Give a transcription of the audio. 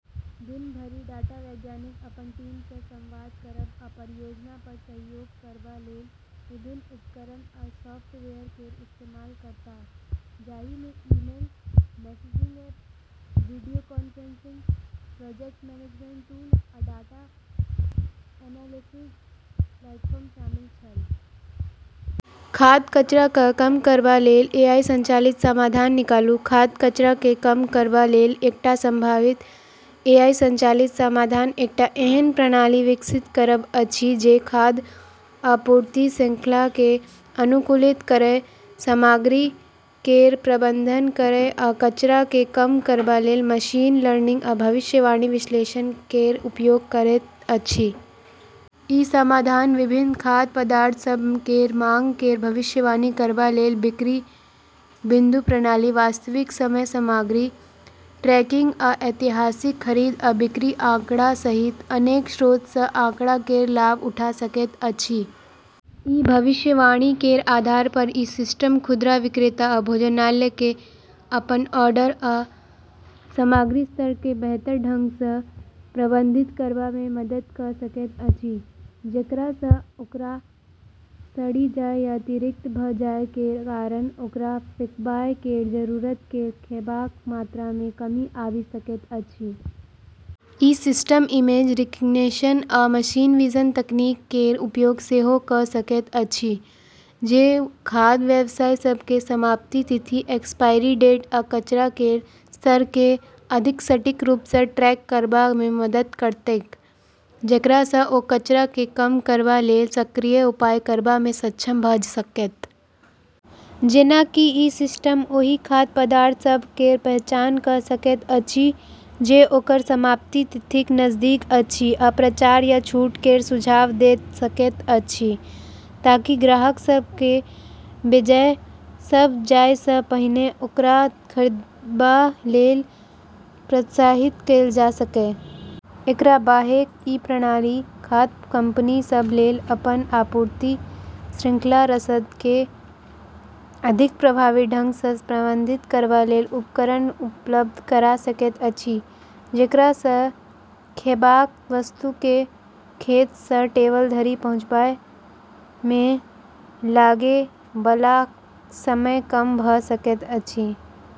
दिन भरि डाटा वैज्ञानिक अपन टीम सँ संवाद करब आ परियोजना पर सहयोग करबा लेल विभिन्न उपकरण आ सॉफ्टवेयर केर इस्तेमाल करताह, जाहि मे email, messaging app, video conferencing, project management tool, आ डाटा एनालिसिस प्लेटफॉर्म शामिल छल। खाद्य कचरा केँ कम करबा लेल एआई संचालित समाधान निकालू। खाद्य कचरा केँ कम करबा लेल एकटा सम्भावित एआई संचालित समाधान एकटा एहन प्रणाली विकसित करब अछि जे खाद्य आपूर्ति श्रृंखला केँ अनुकूलित करय, सामग्री केर प्रबंधन करय आ कचरा केँ कम करबा लेल मशीन लर्निंग आ भविष्यवाणी विश्लेषण केर उपयोग करैत अछि। ई समाधान विभिन्न खाद्य पदार्थ सभ केर माँग केर भविष्यवाणी करबा लेल बिक्री बिंदु प्रणाली, वास्तविक समय सामग्री ट्रैकिंग, आ ऐतिहासिक खरीद आ बिक्री आँकड़ा सहित अनेक स्रोत सँ आँकड़ा केर लाभ उठा सकैत अछि। ई भविष्यवाणी केर आधार पर ई सिस्टम खुदरा विक्रेता आ भोजनालय केँ अपन ऑर्डर आ सामग्री स्तर केँ बेहतर ढंग सँ प्रबंधित करबा मे मदद कऽ सकैत अछि, जेकरा सँ ओकरा सड़ि जाय या अतिरिक्त भऽ जाय केर कारण ओकरा फेंकबाय केर जरूरत केर खैबाक मात्रा मे कमी आबि सकैत अछि। ई सिस्टम इमेज रिकग्निशन आ मशीन विजन तकनीक केर उपयोग सेहो कऽ सकैत अछि, जे खाद्य व्यवसाय सभ केँ समाप्ति तिथि एक्सपायरी डेट आ कचरा केर स्तर केँ अधिक सटीक रूप सँ ट्रैक करबा मे मदद करतैक, जेकरा सँ ओ कचरा केँ कम करबा लेल सक्रिय उपाय करबा मे सक्षम भऽ सकत। जेना कि ई सिस्टम ओहि खाद्य पदार्थ सभ केर पहचान कऽ सकैत अछि जे ओकर समाप्ति तिथिक नजदीक अछि आ प्रचार या छूट केर सुझाव दऽ सकैत अछि ताकि ग्राहक सभ केँ बेजाय भऽ जाय सँ पहिने ओकरा खरीदबा लेल प्रोत्साहित कएल जा सकय। एकरा बाहेक ई प्रणाली खाद्य कंपनी सभ लेल अपन आपूर्ति श्रृंखला रसद केँ अधिक प्रभावी ढंग सँ प्रबंधित करबा लेल उपकरण उपलब्ध करा सकैत अछि, जेकरा सँ खैबाक वस्तु केँ खेत सँ टेबल धरि पहुँचबाय मे लागै बला समय कम भऽ सकैत अछि।